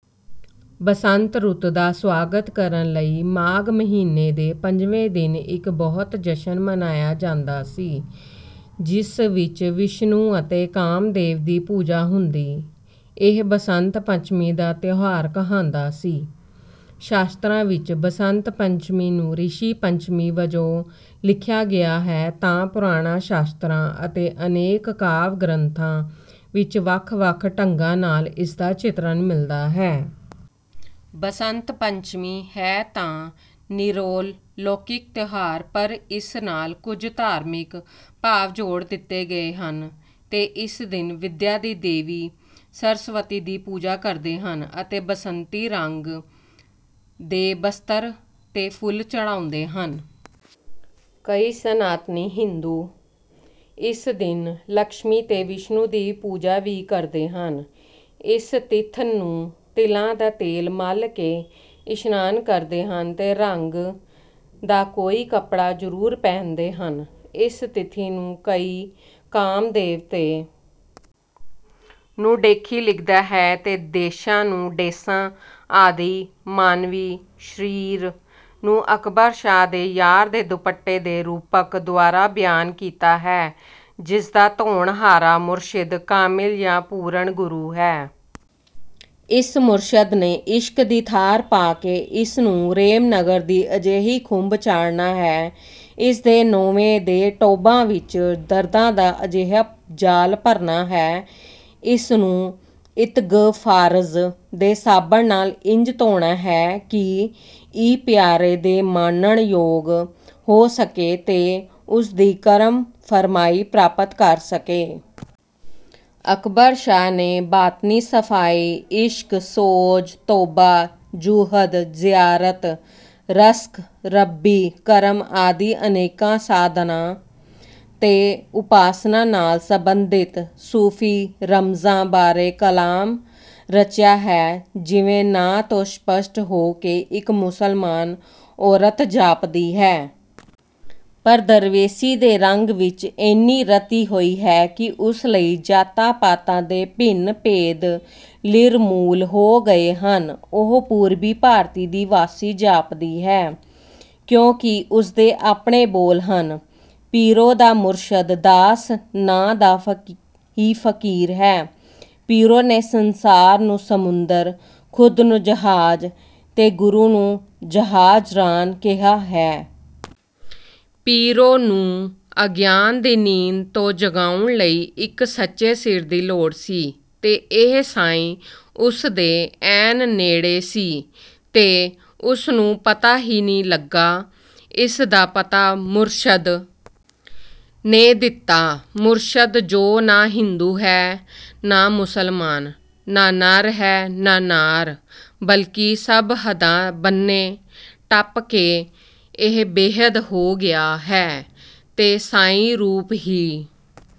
ਬਸੰਤ ਰੁੱਤ ਦਾ ਸਵਾਗਤ ਕਰਨ ਲਈ ਮਾਘ ਮਹੀਨੇ ਦੇ ਪੰਜਵੇਂ ਦਿਨ ਇੱਕ ਬਹੁਤ ਜਸ਼ਨ ਮਨਾਇਆ ਜਾਂਦਾ ਸੀ ਜਿਸ ਵਿੱਚ ਵਿਸ਼ਨੂੰ ਅਤੇ ਕਾਮਦੇਵ ਦੀ ਪੂਜਾ ਹੁੰਦੀ, ਇਹ ਬਸੰਤ ਪੰਚਮੀ ਦਾ ਤਿਉਹਾਰ ਕਹਾਂਦਾ ਸੀ। ਸ਼ਾਸਤਰਾਂ ਵਿੱਚ ਬਸੰਤ ਪੰਚਮੀ ਨੂੰ ਰਿਸ਼ੀ ਪੰਚਮੀ ਵਜੋਂ ਲਿਖਿਆ ਗਿਆ ਹੈ, ਤਾਂ ਪੁਰਾਣਾਂ ਸ਼ਾਸਤਰਾਂ ਅਤੇ ਅਨੇਕ ਕਾਵਿ-ਗਰੰਥਾਂ ਵਿੱਚ ਵੀ ਵੱਖ ਵੱਖ ਢੰਗਾਂ ਨਾਲ ਇਸਦਾ ਚਿਤਰਣ ਮਿਲਦਾ ਹੈ। ਬਸੰਤ ਪੰਚਮੀ ਹੈ ਤਾਂ ਨਿਰੋਲ ਲੌਕਿਕ ਤਿਉਹਾਰ ਪਰ ਇਸ ਨਾਲ ਕੁੱਝ ਧਾਰਮਿਕ ਭਾਵ ਜੋੜ ਦਿੱਤੇ ਗਏ ਹਨ ਤੇ ਇਸ ਦਿਨ ਵਿੱਦਿਆ ਦੀ ਦੇਵੀ ਸਰਸਵਤੀ ਦੀ ਪੂਜਾ ਕਰਦੇ ਹਨ ਅਤੇ ਬਸੰਤੀ ਰੰਗ ਦੇ ਬਸਤਰ ਤੇ ਫੁੱਲ ਚੜ੍ਹਾਉਂਦੇ ਹਨ। ਕਈ ਸਨਾਤਨੀ ਹਿੰਦੂ ਇਸ ਦਿਨ ਲਕਸ਼ਮੀ ਤੇ ਵਿਸ਼ਨੂੰ ਦੀ ਪੂਜਾ ਵੀ ਕਰਦੇ ਹਨ। ਇਸ ਤਿੱਥ ਨੂੰ ਤਿਲਾਂ ਦਾ ਤੇਲ ਮਲ ਕੇ ਇਸ਼ਨਾਨ ਕਰਦੇ ਤੇ ਰੰਗ ਦਾ ਕੋਈ ਕੱਪੜਾ ਜ਼ਰੂਰ ਪਹਿਨਦੇ ਹਨ। ਇਸ ਤਿਥੀ ਨੂੰ ਕਈ ਕਾਮਦੇਵ ਤੇ। ਨੂੰ 'ਡੇਖੀ ਲਿਖਦਾ ਹੈ ਤੇ 'ਦੇਸ਼ਾਂ ਨੂੰ 'ਡੇਸਾਂ ਆਦਿ ਮਾਨਵੀ ਸ੍ਰੀਰ ਨੂੰ ਅਕਬਰ ਸ਼ਾਹ ਦੇ ਯਾਰ ਦੇ ਦੁੱਪਟੇ ਦੇ ਰੂਪਕ ਦੁਆਰਾ ਬਿਆਨ ਕੀਤਾ ਹੈ ਜਿਸ ਦਾ ਧੋਣਹਾਰਾ ਮੁਰਸ਼ਿਦ ਕਾਮਿਲ ਜਾਂ ਪੂਰਣ ਗੁਰੂ ਹੈ। ਇਸ ਮੁਰਸ਼ਦ ਨੇ ਇਸ਼ਕ ਦੀ ਥਾਰ ਪਾ ਕੇ ਇਸ ਨੂੰ ਰੇਮ-ਨਗਰ ਦੀ ਅਜਿਹੀ ਖੁੰਬ ਚਾੜ੍ਹਨਾ ਹੈੇ। ਇਸ ਦੇ ਨੋਵਾਂ ਦੇ ਟੌਭੇ ਵਿਚ ਦਰਦਾਂ ਦਾ ਅਜਿਹਾ ਜਾਲ ਭਰਨਾ ਹੈ। ਇਸ ਨੂੰ ਇਤਗਫਾਰਜ ਦੇ ਸਾਬਣ ਨਾਲ ਇੰਜ਼ ਧੋਣਾ ਹੈ ਕਿ ਇ ਪਿਆਰੇ ਦੇ ਮਾਣਨ ਯੋਗ ਹੋ ਸਕੇ ਤੇ ਉਸ ਦੀ ਕਰਮ ਫਰਮਾਈ ਪ੍ਰਾਪਤ ਕਰ ਸਕੇ। ਅਕਬਰ ਸ਼ਾਹ ਨੇ ਬਾਤਨੀ ਸਫਾਈ, ਇਸ਼ਕ, ਸੋਜ਼, ਤੋਬਾ, ਜ਼ੁੂਹਦ, ਜਿਆਰਤ, ਰਸਕ, ਰੱਬੀ, ਕਰਮ ਆਦਿ ਅਨੇਕਾ ਸਾਧਾਨਾ ਤੇ ਉਪਾਸਨਾ ਨਾਲ ਸੰਬੰਧਿਤ ਸੂਫ਼ੀ ਰਮਜਾਂ ਬਾਰੇ ਕਲਾਮ ਰਚਿਆ ਹੈ। ਜਿਵੇਂ ਨਾਂ ਤੋਂ ਸਪੱਸ਼ਟ ਹੋ ਇਕ ਮੁਸਲਮਾਨ ਔਰਤ ਜਾਪਦੀ ਹੈ। ਪਰ ਦਰਵੇਸ਼ੀ ਦੇ ਰੰਗ ਵਿਚ ਏਨੀ ਰੱਤੀ ਹੋਈ ਹੈ ਕਿ ਉਸ ਲਈ ਜਾਤਾਂ ਪਾਤਾਂ ਦੇ ਭਿੰਨ ਭੇਦ ਲਿਰਮੂਲ ਹੋ ਗਏ ਹਨ। ਉਹ ਪੂਰਬੀ ਭਾਰਤੀ ਦੀ ਵਾਸੀ ਜਾਪਦੀ ਹੈ ਕਿਉਂਕਿ ਉਸ ਦੇ ਆਪਣੇ ਬੋਲ ਹਨ: ਪੀਰੋ ਦਾ ਮੁਰਸ਼ਦ ਦਾਸ ਨਾਂ ਦਾ ਹੀ ਫਕੀਰ ਹੈ ਪੀਰੋ ਨੇ ਸੰਸਾਰ ਨੂੰ ਸਮੁੰਦਰ, ਖੁਦ ਨੂੰ ਜਹਾਜ ਤੇ ਗੁਰੂ ਨੂੰ ਜਹਾਜ਼ਰਾਨ ਕਿਹਾ ਹੈ। ਪੀਰੋ ਨੂੰ ਅਗਿਆਨ ਦੀ ਨੀਂਦ ਤੋਂ ਜਗਾਉਣ ਲਈ ਇੱਕ ਸੱਚੇ ਸਿਰ ਦੀ ਲੋੜ ਸੀ। ਤੇ ਇਹ ਸਾਂਈ ਉਸ ਦੇ ਐਨ ਨੇੜੇ ਸੀ ਤੇ ਉਸ ਨੂੰ ਪਤਾ ਹੀ ਨਾ ਲੱਗਾ। ਇਸ ਦਾ ਪਤਾ ਮੁਰਸ਼ਦ ਨੇ ਦਿੱਤਾ, ਮੁਰਸ਼ਦ ਜੋ ਨਾ ਹਿੰਦੂ ਹੈ ਨਾ ਮੁਸਲਮਾਨ, ਨਾ ਨਰ ਹੈ, ਨਾ ਨਾਰ, ਬਲਕਿ ਸਭ ਹੱਦਾਂ ਬੰਨੇ ਟੱਪ ਕੇ ਇਹ ਬੇਹੱਦ ਹੋ ਗਿਆ ਹੋਇਆ ਹੈ ਤੇ ਸਾਈ ਰੂਪ ਹੀ